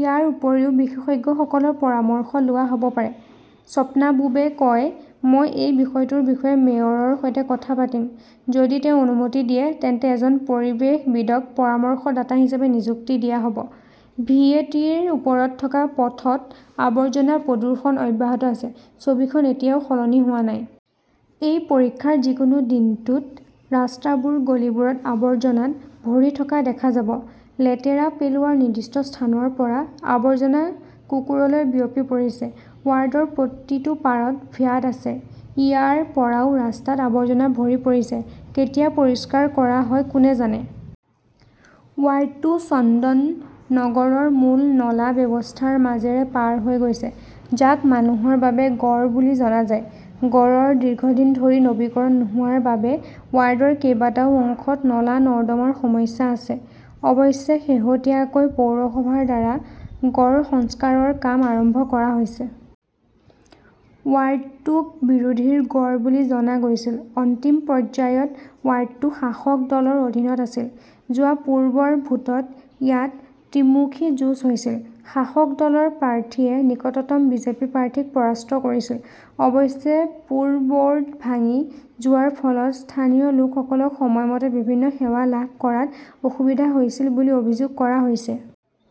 ইয়াৰ উপৰিও বিশেষজ্ঞসকলৰ পৰামৰ্শ লোৱা হ'ব পাৰে। স্বপ্নাবুবে কয়, মই এই বিষয়টোৰ বিষয়ে মেয়ৰৰ সৈতে কথা পাতিম। যদি তেওঁ অনুমতি দিয়ে তেন্তে এজন পৰিৱেশবিদক পৰামৰ্শদাতা হিচাপে নিযুক্তি দিয়া হ'ব। ভি. এ. টিৰ ওপৰত থকা পথত আৱৰ্জনা, প্ৰদূষণ অব্যাহত আছে, ছবিখন এতিয়াও সলনি হোৱা নাই। এই পৰীক্ষাৰ যিকোনো দিনটোত, ৰাস্তাবোৰ, গলিবোৰ আৱৰ্জনাত ভৰি থকা দেখা যাব। লেতেৰা পেলোৱাৰ নিৰ্দিষ্ট স্থানৰ পৰা আৱৰ্জনা কুকুৰলৈ বিয়পি পৰিছে। ৱাৰ্ডৰ প্ৰতিটো পাৰত ভ্যাট আছে। ইয়াৰ পৰাও ৰাস্তাত আৱৰ্জনা ভৰি পৰিছে। কেতিয়া পৰিষ্কাৰ কৰা হয় কোনে জানে! ৱাৰ্ডটো চন্দননগৰৰ মূল নলা ব্যৱস্থাৰ মাজেৰে পাৰ হৈ গৈছে। যাক মানুহৰ বাবে গড় বুলি জনা যায়। গড়ৰ দীৰ্ঘদিন ধৰি নৱীকৰণ নোহোৱাৰ বাবে ৱাৰ্ডৰ কেইবাটাও অংশত নলা-নৰ্দমাৰ সমস্যা আছে। অৱশ্যে, শেহতীয়াকৈ পৌৰসভাৰ দ্বাৰা গড় সংস্কাৰৰ কাম আৰম্ভ কৰা হৈছে। ৱাৰ্ডটোক বিৰোধীৰ গড় বুলি জনা গৈছিল। অন্তিম পৰ্যায়ত ৱাৰ্ডটো শাসক দলৰ অধীনত আছিল। যোৱা পূৰ্বৰ ভোটত ইয়াত ত্ৰিমুখী যুঁজ হৈছিল। শাসক দলৰ প্ৰাৰ্থীয়ে নিকটতম বিজেপি প্ৰাৰ্থীক পৰাস্ত কৰিছিল। অৱশ্যে, পুৰবৰ্ড ভাঙি যোৱাৰ ফলত স্থানীয় লোকসকলক সময়মতে বিভিন্ন সেৱা লাভ কৰাত অসুবিধা হৈছিল বুলি অভিযোগ কৰা হৈছে।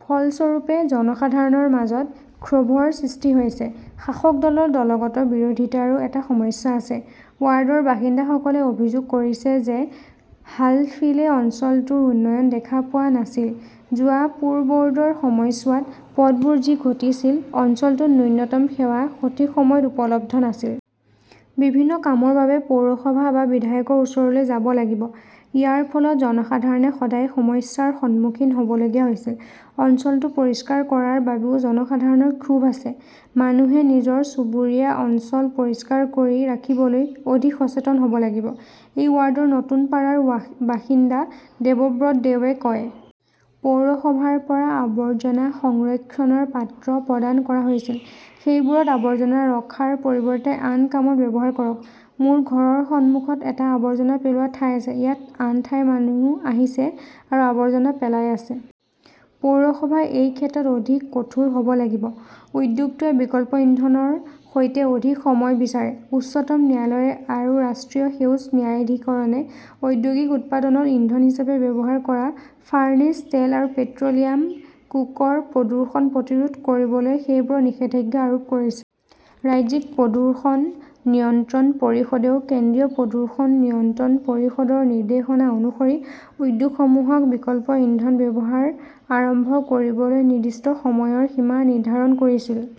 ফলস্বৰূপে, জনসাধাৰণৰ মাজত ক্ষোভৰ সৃষ্টি হৈছে। শাসক দলৰ দলগত বিৰোধিতাৰো এটা সমস্যা আছে। ৱাৰ্ডৰ বাসিন্দাসকলে অভিযোগ কৰিছে যে হালফিলে অঞ্চলটোৰ উন্নয়ন দেখা পোৱা নাছিল। যোৱা পুৰবৰ্ডৰ সময়ছোৱাত পথবোৰ যি ঘটিছিল। অঞ্চলটোত ন্যূনতম সেৱা সঠিক সময়ত উপলব্ধ নাছিল। বিভিন্ন কামৰ বাবে পৌৰসভা বা বিধায়কৰ ওচৰলৈ যাব লাগিব। ইয়াৰ ফলত জনসাধাৰণে সদায় সমস্যাৰ সন্মুখীন হ'বলগীয়া হৈছিল। অঞ্চলটো পৰিষ্কাৰ কৰাৰ বাবেও জনসাধাৰণৰ ক্ষোভ আছে। মানুহে নিজৰ চুবুৰীয়া অঞ্চল পৰিষ্কাৰ কৰি ৰাখিবলৈ অধিক সচেতন হ'ব লাগিব, এই ৱাৰ্ডৰ নতুনপাৰাৰ বা বাসিন্দা দেৱব্ৰত দেয়ে কয়। পৌৰসভাৰ পৰা আৱৰ্জনা সংৰক্ষণৰ পাত্ৰ প্ৰদান কৰা হৈছিল। সেইবোৰত আৱৰ্জনা ৰখাৰ পৰিৱৰ্তে আন কামত ব্যৱহাৰ কৰক। মোৰ ঘৰৰ সন্মুখত এটা আৱৰ্জনা পেলোৱা ঠাই আছে। ইয়াত আন ঠাইৰ মানুহ আহিছে আৰু আৱৰ্জনা পেলাই আছে। পৌৰসভাই এই ক্ষেত্ৰত অধিক কঠোৰ হ'ব লাগিব। উদ্যোগটোৱে বিকল্প ইন্ধনৰ সৈতে অধিক সময় বিচাৰে, উচ্চতম ন্যায়ালয় আৰু ৰাষ্ট্ৰীয় সেউজ ন্যায়াধিকৰণে ঔদ্যোগিক উৎপাদনত ইন্ধন হিচাপে ব্যৱহাৰ কৰা ফাৰ্নেচ তেল আৰু পেট্ৰ'লিয়াম কোকৰ প্ৰদূষণ প্ৰতিৰোধ কৰিবলৈ সেইবোৰত নিষেধাজ্ঞা আৰোপ কৰিছে। ৰাজ্যিক প্ৰদূষণ নিয়ন্ত্ৰণ পৰিষদেও কেন্দ্ৰীয় প্ৰদূষণ নিয়ন্ত্ৰণ পৰিষদৰ নিৰ্দেশনা অনুসৰি উদ্যোগসমূহক বিকল্প ইন্ধন ব্যৱহাৰ আৰম্ভ কৰিবলৈ নিৰ্দিষ্ট সময়ৰ সীমা নিৰ্ধাৰণ কৰিছিল।